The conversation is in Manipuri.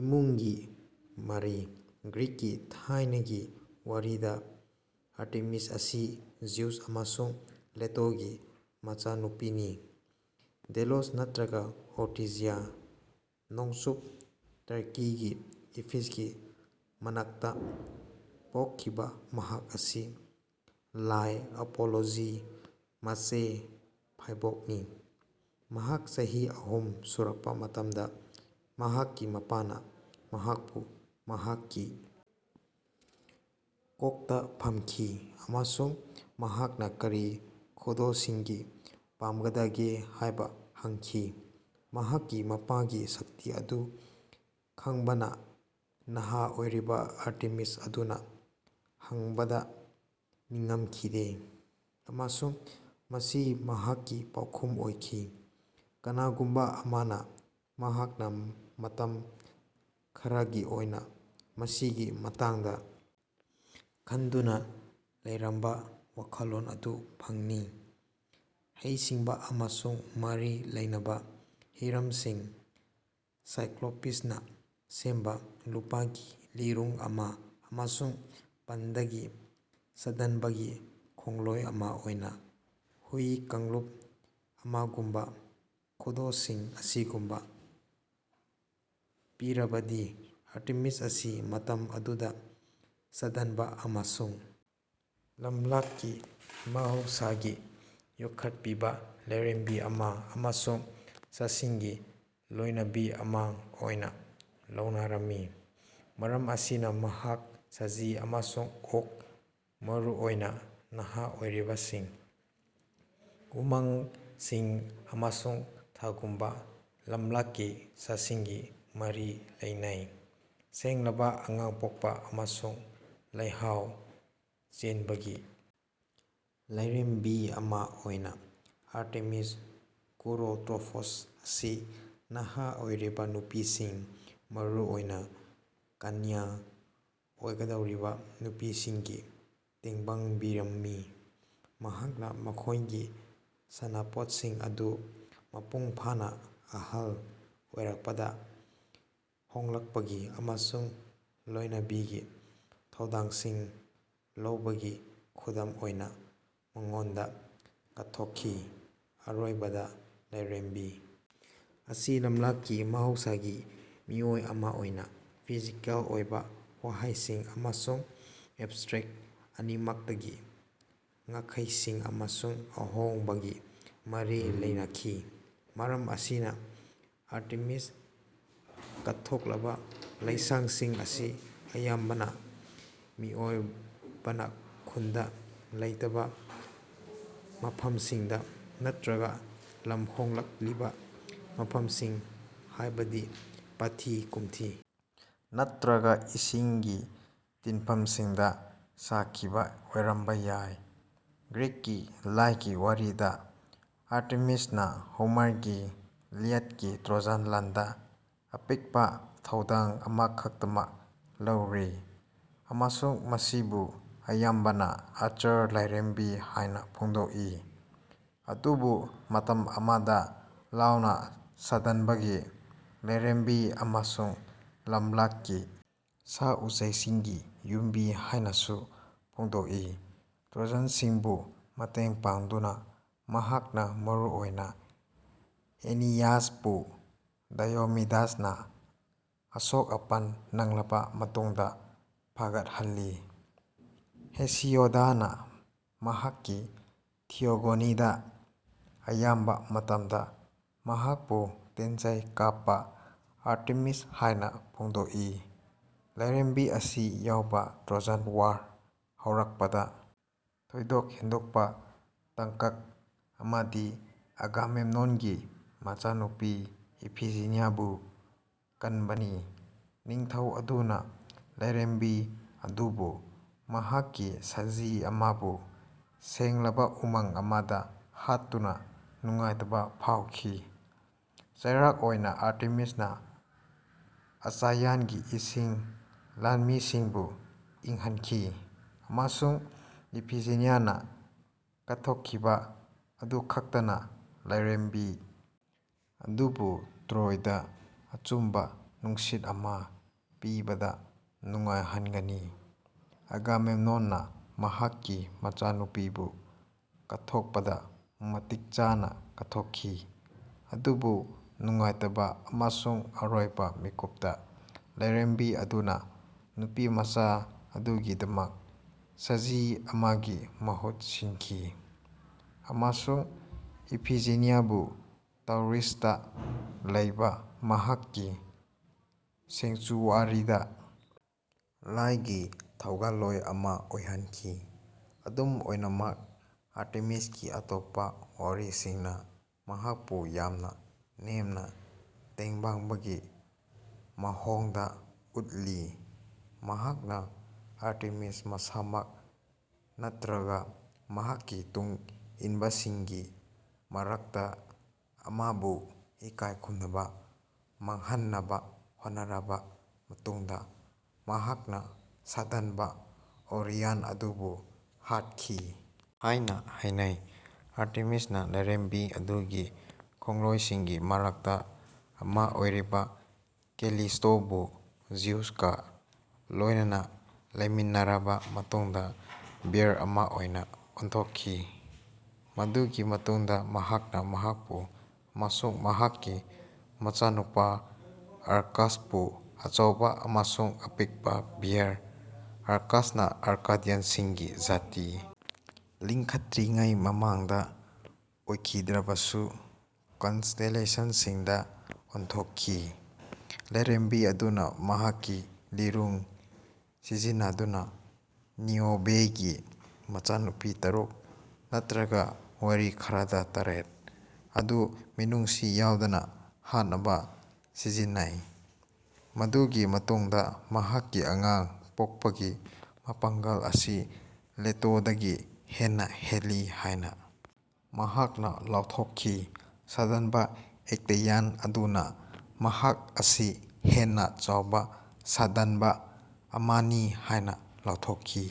ꯏꯃꯨꯡꯒꯤ ꯃꯔꯤ:ꯒ꯭ꯔꯤꯛꯀꯤ ꯊꯥꯏꯅꯒꯤ ꯋꯥꯔꯤꯗ ꯑꯥꯔꯇꯦꯃꯤꯁ ꯑꯁꯤ ꯖ꯭ꯌꯨꯁ ꯑꯃꯁꯨꯡ ꯂꯦꯇꯣꯒꯤ ꯃꯆꯥꯅꯨꯄꯤꯅꯤ꯫ ꯗꯦꯂꯣꯁ ꯅꯠꯇ꯭ꯔꯒ ꯑꯣꯔꯇꯤꯖꯤꯌꯥ (ꯅꯣꯡꯆꯨꯞ ꯇꯔꯀꯤꯒꯤ ꯏꯐꯤꯁꯀꯤ ꯃꯅꯥꯛꯇ) ꯄꯣꯛꯈꯤꯕ ꯃꯍꯥꯛ ꯑꯁꯤ ꯂꯥꯏ ꯑꯄꯣꯂꯣꯒꯤ ꯃꯆꯦ ꯐꯥꯏꯕꯣꯛꯅꯤ꯫ ꯃꯍꯥꯛ ꯆꯍꯤ ꯑꯍꯨꯝ ꯁꯨꯔꯛꯄ ꯃꯇꯝꯗ ꯃꯍꯥꯛꯀꯤ ꯃꯄꯥꯅ ꯃꯍꯥꯛꯄꯨ ꯃꯍꯥꯛꯀꯤ ꯀꯣꯛꯇ ꯐꯝꯈꯤ ꯑꯃꯁꯨꯡ ꯃꯍꯥꯛꯅ ꯀꯔꯤ ꯈꯨꯗꯣꯜꯁꯤꯡ ꯄꯥꯝꯒꯗꯒꯦ ꯍꯥꯏꯅ ꯍꯪꯈꯤ꯫ ꯃꯍꯥꯛꯀꯤ ꯃꯄꯥꯒꯤ ꯁꯛꯇꯤ ꯑꯗꯨ ꯈꯪꯕꯅ, ꯅꯍꯥ ꯑꯣꯏꯔꯤꯕ ꯑꯥꯔꯇꯦꯃꯤꯁ ꯑꯗꯨꯅ ꯍꯪꯕꯗ ꯅꯤꯡꯉꯝꯈꯤꯗꯦ ꯑꯃꯁꯨꯡ ꯃꯁꯤ ꯃꯍꯥꯛꯀꯤ ꯄꯥꯎꯈꯨꯝ ꯑꯣꯏꯈꯤ (ꯀꯅꯥꯒꯨꯝꯕ ꯑꯃꯅ ꯃꯍꯥꯛꯅ ꯃꯇꯝ ꯈꯔꯒꯤ ꯑꯣꯏꯅ ꯃꯁꯤꯒꯤ ꯃꯇꯥꯡꯗ ꯈꯟꯗꯨꯅ ꯂꯩꯔꯝꯕ ꯋꯥꯈꯜꯂꯣꯟ ꯑꯗꯨ ꯐꯪꯉꯤ ꯍꯩ-ꯁꯤꯡꯕ ꯑꯃꯁꯨꯡ ꯃꯔꯤ ꯂꯩꯅꯕ ꯍꯤꯔꯝꯁꯤꯡ ꯁꯥꯏꯀ꯭ꯂꯣꯄꯤꯁꯅ ꯁꯦꯝꯕ ꯂꯨꯄꯥꯒꯤ ꯂꯤꯔꯨꯡ ꯑꯃ ꯑꯃꯁꯨꯡ ꯄꯥꯟꯗꯒꯤ ꯁꯥꯗꯥꯟꯕꯒꯤ ꯈꯣꯡꯂꯣꯏ ꯑꯃ ꯑꯣꯏꯅ ꯍꯨꯏ ꯀꯥꯡꯂꯨꯞ ꯑꯃꯒꯨꯝꯕ ꯈꯨꯗꯣꯜꯁꯤꯡ ꯑꯁꯤꯒꯨꯝꯕ ꯄꯤꯔꯕꯗꯤ, ꯑꯥꯔꯇꯦꯃꯤꯁ ꯑꯁꯤ, ꯃꯇꯝ ꯑꯗꯨꯗ, ꯁꯥꯗꯥꯟꯕ ꯑꯃꯁꯨꯡ ꯂꯝꯂꯛꯀꯤ ꯃꯍꯧꯁꯥꯒꯤ ꯌꯣꯛꯈꯠꯄꯤꯕ ꯂꯥꯏꯔꯦꯝꯕꯤ ꯑꯃ ꯑꯃꯁꯨꯡ ꯁꯥꯁꯤꯡꯒꯤ ꯂꯣꯏꯅꯕꯤ ꯑꯃ ꯑꯣꯏꯅ ꯂꯧꯅꯔꯝꯃꯤ꯫ ꯃꯔꯝ ꯑꯁꯤꯅ, ꯃꯍꯥꯛ ꯁꯖꯤ ꯑꯃꯁꯨꯡ ꯑꯣꯛ (ꯃꯔꯨꯑꯣꯏꯅ ꯅꯍꯥ ꯑꯣꯏꯔꯤꯕꯁꯤꯡ), ꯎꯃꯪꯁꯤꯡ, ꯑꯃꯁꯨꯡ ꯊꯥꯒꯨꯝꯕ ꯂꯝꯂꯛꯀꯤ ꯁꯥꯁꯤꯡꯒ ꯃꯔꯤ ꯂꯩꯅꯩ꯫ ꯁꯦꯡꯂꯕ, ꯑꯉꯥꯡ ꯄꯣꯛꯄ, ꯑꯃꯁꯨꯡ ꯂꯩꯍꯥꯎ ꯆꯦꯟꯕꯒꯤ ꯂꯥꯏꯔꯦꯝꯕꯤ ꯑꯃ ꯑꯣꯏꯅ, ꯑꯥꯔꯇꯦꯃꯤꯁ ꯀꯨꯔꯣꯇ꯭ꯔꯣꯐꯣꯁ ꯑꯁꯤ ꯅꯍꯥ ꯑꯣꯏꯔꯤꯕ ꯅꯨꯄꯤꯁꯤꯡ, ꯃꯔꯨꯑꯣꯏꯅ ꯀꯅ꯭ꯌ ꯑꯣꯏꯒꯗꯧꯔꯤꯕ ꯅꯨꯄꯤꯁꯤꯡꯒꯤ ꯇꯦꯡꯕꯥꯡꯕꯤꯔꯝꯃꯤ, ꯃꯍꯥꯛꯅ ꯃꯈꯣꯏꯒꯤ ꯁꯥꯟꯅꯄꯣꯠꯁꯤꯡ ꯑꯗꯨ ꯃꯄꯨꯡ ꯐꯥꯅ ꯑꯍꯜ ꯑꯣꯏꯔꯛꯄꯗ ꯍꯣꯡꯂꯛꯄꯒꯤ ꯑꯃꯁꯨꯡ ꯂꯣꯏꯅꯕꯤꯒꯤ ꯊꯧꯗꯥꯡꯁꯤꯡ ꯂꯧꯕꯒꯤ ꯈꯨꯗꯝ ꯑꯣꯏꯅ ꯃꯉꯣꯟꯗ ꯀꯠꯊꯣꯛꯈꯤ꯫ ꯑꯔꯣꯏꯕꯗ, ꯂꯥꯏꯔꯦꯝꯕꯤ ꯑꯁꯤ, ꯂꯝꯂꯛꯀꯤ ꯃꯍꯧꯁꯥꯒꯤ ꯃꯤꯑꯣꯏ ꯑꯃ ꯑꯣꯏꯅ, ꯐꯤꯖꯤꯀꯦꯜ ꯑꯣꯏꯕ ꯋꯥꯍꯩꯁꯤꯡ ꯑꯃꯁꯨꯡ ꯑꯦꯕꯁꯇ꯭ꯔꯦꯛꯠ ꯑꯅꯤꯃꯛꯇ ꯉꯝꯈꯩꯁꯤꯡ ꯑꯃꯁꯨꯡ ꯑꯍꯣꯡꯕꯒ ꯃꯔꯤ ꯂꯩꯅꯈꯤ꯫ ꯃꯔꯝ ꯑꯁꯤꯅ, ꯑꯥꯔꯇꯦꯃꯤꯁꯇ ꯀꯠꯊꯣꯛꯂꯕ ꯂꯥꯏꯁꯪꯁꯤꯡ ꯑꯁꯤ ꯑꯌꯥꯝꯕꯅ ꯃꯤꯑꯣꯏꯕꯅ ꯈꯨꯟꯗꯥ-ꯂꯩꯇꯥꯕ ꯃꯐꯝꯁꯤꯡꯗ ꯅꯠꯇ꯭ꯔꯒ ꯂꯝ ꯍꯣꯡꯂꯛꯂꯤꯕ ꯃꯐꯝꯁꯤꯡ ꯍꯥꯏꯕꯗꯤ ꯄꯥꯠꯊꯤ-ꯀꯣꯝꯊꯤ ꯅꯠꯇ꯭ꯔꯒ ꯏꯁꯤꯡꯒꯤ ꯇꯤꯟꯐꯝꯁꯤꯡꯗ ꯁꯥꯈꯤꯕ ꯑꯣꯏꯔꯝꯕ ꯌꯥꯏ꯫ ꯒ꯭ꯔꯤꯛꯀꯤ ꯂꯥꯏꯒꯤ ꯋꯥꯔꯤꯗ ꯑꯥꯔꯇꯦꯃꯤꯁꯅ ꯍꯣꯃꯔꯒꯤ ꯏꯂꯤꯌꯥꯗꯀꯤ ꯇ꯭ꯔꯣꯖꯟ ꯂꯥꯟꯗ ꯑꯄꯤꯛꯄ ꯊꯧꯗꯥꯡ ꯑꯃꯈꯛꯇꯃꯛ ꯂꯧꯔꯤ ꯑꯃꯁꯨꯡ ꯃꯁꯤꯕꯨ ꯑꯌꯥꯝꯕꯅ 'ꯑꯥꯔꯆꯔ ꯂꯥꯏꯔꯦꯝꯕꯤ' ꯍꯥꯏꯅ ꯐꯣꯡꯗꯣꯛꯏ ꯑꯗꯨꯕꯨ ꯃꯇꯝ ꯑꯃꯗ 'ꯂꯥꯎꯅ ꯁꯥꯗꯥꯟꯕꯒꯤ ꯂꯥꯏꯔꯦꯝꯕꯤ' ꯑꯃꯁꯨꯡ 'ꯂꯝꯂꯛꯀꯤ ꯁꯥ-ꯎꯆꯦꯛꯁꯤꯡꯒꯤ ꯌꯨꯝꯕꯤ' ꯍꯥꯏꯅꯁꯨ ꯐꯣꯡꯗꯣꯛꯏ꯫ ꯇ꯭ꯔꯣꯖꯥꯟꯁꯤꯡꯕꯨ ꯃꯇꯦꯡ ꯄꯥꯡꯗꯨꯅ, ꯃꯍꯥꯛꯅ ꯃꯔꯨꯑꯣꯏꯅ ꯑꯦꯅꯤꯌꯥꯁꯄꯨ ꯗꯥꯏꯑꯣꯃꯤꯗꯁꯅ ꯑꯁꯣꯛ ꯑꯄꯟ ꯅꯪꯂꯕ ꯃꯇꯨꯡꯗ ꯐꯒꯠꯍꯜꯂꯤ꯫ ꯍꯦꯁꯤꯌꯣꯗꯅ ꯃꯍꯥꯛꯀꯤ ꯊꯤꯌꯣꯒꯣꯅꯤꯗ ꯑꯌꯥꯝꯕ ꯃꯇꯝꯗ ꯃꯍꯥꯛꯄꯨ 'ꯇꯦꯟꯖꯩ ꯀꯥꯞꯄ ꯑꯥꯔꯇꯦꯃꯤꯁ' ꯍꯥꯏꯅ ꯐꯣꯡꯗꯣꯛꯏ꯫ ꯂꯥꯏꯔꯦꯝꯕꯤ ꯑꯁꯤ ꯌꯥꯎꯕ ꯇ꯭ꯔꯣꯖꯟ ꯋꯥꯔ ꯍꯧꯔꯛꯄꯗ ꯊꯣꯏꯗꯣꯛ ꯍꯦꯟꯗꯣꯛꯄ ꯇꯥꯡꯀꯛ ꯑꯃꯗꯤ ꯑꯒꯥꯃꯦꯝꯅꯣꯟꯒꯤ ꯃꯆꯥꯅꯨꯄꯤ ꯏꯐꯤꯖꯦꯅꯤꯌꯥꯕꯨ ꯀꯟꯕꯅꯤ꯫ ꯅꯤꯡꯊꯧ ꯑꯗꯨꯅ ꯂꯥꯏꯔꯦꯝꯕꯤ ꯑꯗꯨꯕꯨ ꯃꯍꯥꯛꯀꯤ ꯁꯖꯤ ꯑꯃꯕꯨ ꯁꯦꯡꯂꯕ ꯎꯃꯪ ꯑꯃꯗ ꯍꯥꯠꯇꯨꯅ ꯅꯨꯡꯉꯥꯏꯇꯕ ꯐꯥꯎꯈꯤ꯫ ꯆꯩꯔꯥꯛ ꯑꯣꯏꯅ ꯑꯥꯔꯇꯦꯃꯤꯁꯅ ꯑꯆꯥꯌꯟꯒꯤ ꯏꯁꯤꯡ ꯂꯥꯟꯃꯤꯁꯤꯡꯕꯨ ꯏꯪꯍꯟꯈꯤ ꯑꯃꯁꯨꯡ ꯏꯐꯤꯖꯦꯅꯤꯌꯥꯅ ꯀꯠꯊꯣꯛꯈꯤꯕ ꯑꯗꯨꯈꯛꯇꯅ ꯂꯥꯏꯔꯦꯝꯕꯤ ꯑꯗꯨꯕꯨ ꯇ꯭ꯔꯣꯏꯗ ꯑꯆꯨꯝꯕ ꯅꯨꯡꯁꯤꯠ ꯑꯃ ꯄꯤꯕꯗ ꯅꯨꯡꯉꯥꯏꯍꯟꯒꯅꯤ꯫ ꯑꯒꯥꯃꯦꯝꯅꯣꯟꯅ ꯃꯍꯥꯛꯀꯤ ꯃꯆꯥꯅꯨꯄꯤꯕꯨ ꯀꯠꯊꯣꯛꯄꯗ ꯃꯇꯤꯛ ꯆꯥꯅ ꯀꯠꯊꯣꯛꯈꯤ, ꯑꯗꯨꯕꯨ ꯅꯨꯡꯉꯥꯏꯇꯕ ꯑꯃꯁꯨꯡ ꯑꯔꯣꯏꯕ ꯃꯤꯀꯨꯞꯇ, ꯂꯥꯏꯔꯦꯝꯕꯤ ꯑꯗꯨꯅ ꯅꯨꯄꯤꯃꯆꯥ ꯑꯗꯨꯒꯤꯗꯃꯛ ꯁꯖꯤ ꯑꯃꯒꯤ ꯃꯍꯨꯠ ꯁꯤꯟꯈꯤ ꯑꯃꯁꯨꯡ ꯏꯐꯤꯖꯦꯅꯤꯌꯥꯕꯨ ꯇꯥꯎꯔꯤꯁꯇ ꯂꯩꯕ ꯃꯍꯥꯛꯀꯤ ꯁꯦꯡꯆꯨꯑꯔꯤꯗ ꯂꯥꯏꯒꯤ ꯊꯧꯒꯜꯂꯣꯏ ꯑꯃ ꯑꯣꯏꯍꯟꯈꯤ꯫ ꯑꯗꯨꯝ ꯑꯣꯏꯅꯃꯛ, ꯑꯥꯔꯇꯦꯃꯤꯁꯀꯤ ꯑꯇꯣꯞꯄ ꯋꯥꯔꯤꯁꯤꯡꯅ ꯃꯍꯥꯛꯄꯨ ꯌꯥꯝꯅ ꯅꯦꯝꯅ ꯇꯦꯡꯕꯥꯡꯕꯒꯤ ꯃꯋꯣꯡꯗ ꯎꯠꯂꯤ꯫ ꯃꯍꯥꯛꯅ ꯑꯥꯔꯇꯦꯃꯤꯁ ꯃꯁꯥꯃꯛ ꯅꯠꯇ꯭ꯔꯒ ꯃꯍꯥꯛꯀꯤ ꯇꯨꯡꯏꯟꯕꯁꯤꯡꯒꯤ ꯃꯔꯛꯇ ꯑꯃꯕꯨ ꯏꯀꯥꯏ ꯈꯨꯝꯅꯕ ꯃꯥꯡꯍꯟꯅꯕ ꯍꯣꯠꯅꯔꯕ ꯃꯇꯨꯡꯗ ꯃꯍꯥꯛꯅ ꯁꯥꯗꯥꯟꯕ ꯑꯣꯔꯤꯌꯟ ꯑꯗꯨꯕꯨ ꯍꯥꯠꯈꯤ ꯍꯥꯏꯅ ꯍꯥꯏꯅꯩ꯫ ꯑꯥꯔꯇꯦꯃꯤꯁꯅ ꯂꯥꯏꯔꯦꯝꯕꯤ ꯑꯗꯨꯒꯤ ꯈꯣꯡꯂꯣꯏꯁꯤꯡꯒꯤ ꯃꯔꯛꯇ ꯑꯃ ꯑꯣꯏꯔꯤꯕ ꯀꯦꯂꯤꯁ꯭ꯇꯣꯕꯨ ꯖ꯭ꯌꯨꯁꯀ ꯂꯣꯏꯅꯅ ꯂꯩꯃꯤꯟꯅꯔꯕ ꯃꯇꯨꯡꯗ ꯕꯦꯌꯔ ꯑꯃ ꯑꯣꯏꯅ ꯑꯣꯟꯊꯣꯛꯈꯤ, ꯃꯗꯨꯒꯤ ꯃꯇꯨꯡꯗ ꯃꯍꯥꯛꯅ ꯃꯍꯥꯛꯄꯨ ꯑꯃꯁꯨꯡ ꯃꯍꯥꯛꯀꯤ ꯃꯆꯥꯅꯨꯄꯥ ꯑꯥꯔꯀꯥꯁꯄꯨ ꯑꯆꯧꯕ ꯑꯃꯁꯨꯡ ꯑꯄꯤꯛꯄ ꯕꯦꯌꯔ (ꯑꯥꯔꯀꯥꯁꯅ ꯑꯥꯔꯀꯥꯗꯤꯌꯟꯁꯤꯡꯒꯤ ꯖꯥꯇꯤ ꯂꯤꯡꯈꯠꯇ꯭ꯔꯤꯉꯩ ꯃꯃꯥꯡꯗ ꯑꯣꯏꯈꯤꯗ꯭ꯔꯕꯁꯨ) ꯀꯟꯁꯇꯦꯂꯦꯁꯟꯁꯤꯡꯗ ꯑꯣꯟꯊꯣꯛꯈꯤ꯫ ꯂꯥꯏꯔꯦꯝꯕꯤ ꯑꯗꯨꯅ ꯃꯍꯥꯛꯀꯤ ꯂꯤꯔꯨꯡ ꯁꯤꯖꯤꯟꯅꯗꯨꯅ ꯅꯤꯑꯣꯕꯦꯒꯤ ꯃꯆꯥꯅꯨꯄꯤ ꯇꯔꯨꯛ (ꯅꯠꯇ꯭ꯔꯒ ꯋꯥꯔꯤ ꯈꯔꯗ ꯇꯔꯦꯠ) ꯑꯗꯨ ꯃꯤꯅꯨꯡꯁꯤ ꯌꯥꯎꯗꯅ ꯍꯥꯠꯅꯕ ꯁꯤꯖꯤꯟꯅꯩ ꯃꯗꯨꯒꯤ ꯃꯇꯨꯡꯗ ꯃꯍꯥꯛꯀꯤ ꯑꯉꯥꯡ ꯄꯣꯛꯄꯒꯤ ꯃꯄꯥꯡꯒꯜ ꯑꯁꯤ ꯂꯦꯇꯣꯗꯒꯤ ꯍꯦꯟꯅ ꯍꯦꯜꯂꯤ ꯍꯥꯏꯅ ꯃꯍꯥꯛꯅ ꯂꯥꯎꯊꯣꯛꯈꯤ꯫ ꯁꯥꯗꯥꯟꯕ ꯑꯦꯛꯇꯦꯌꯟ ꯑꯗꯨꯅ, ꯃꯍꯥꯛ ꯑꯁꯤ ꯍꯦꯟꯅ ꯆꯥꯎꯕ ꯁꯥꯗꯥꯟꯕ ꯑꯃꯅꯤ ꯍꯥꯏꯅ ꯂꯥꯎꯊꯣꯛꯈꯤ꯫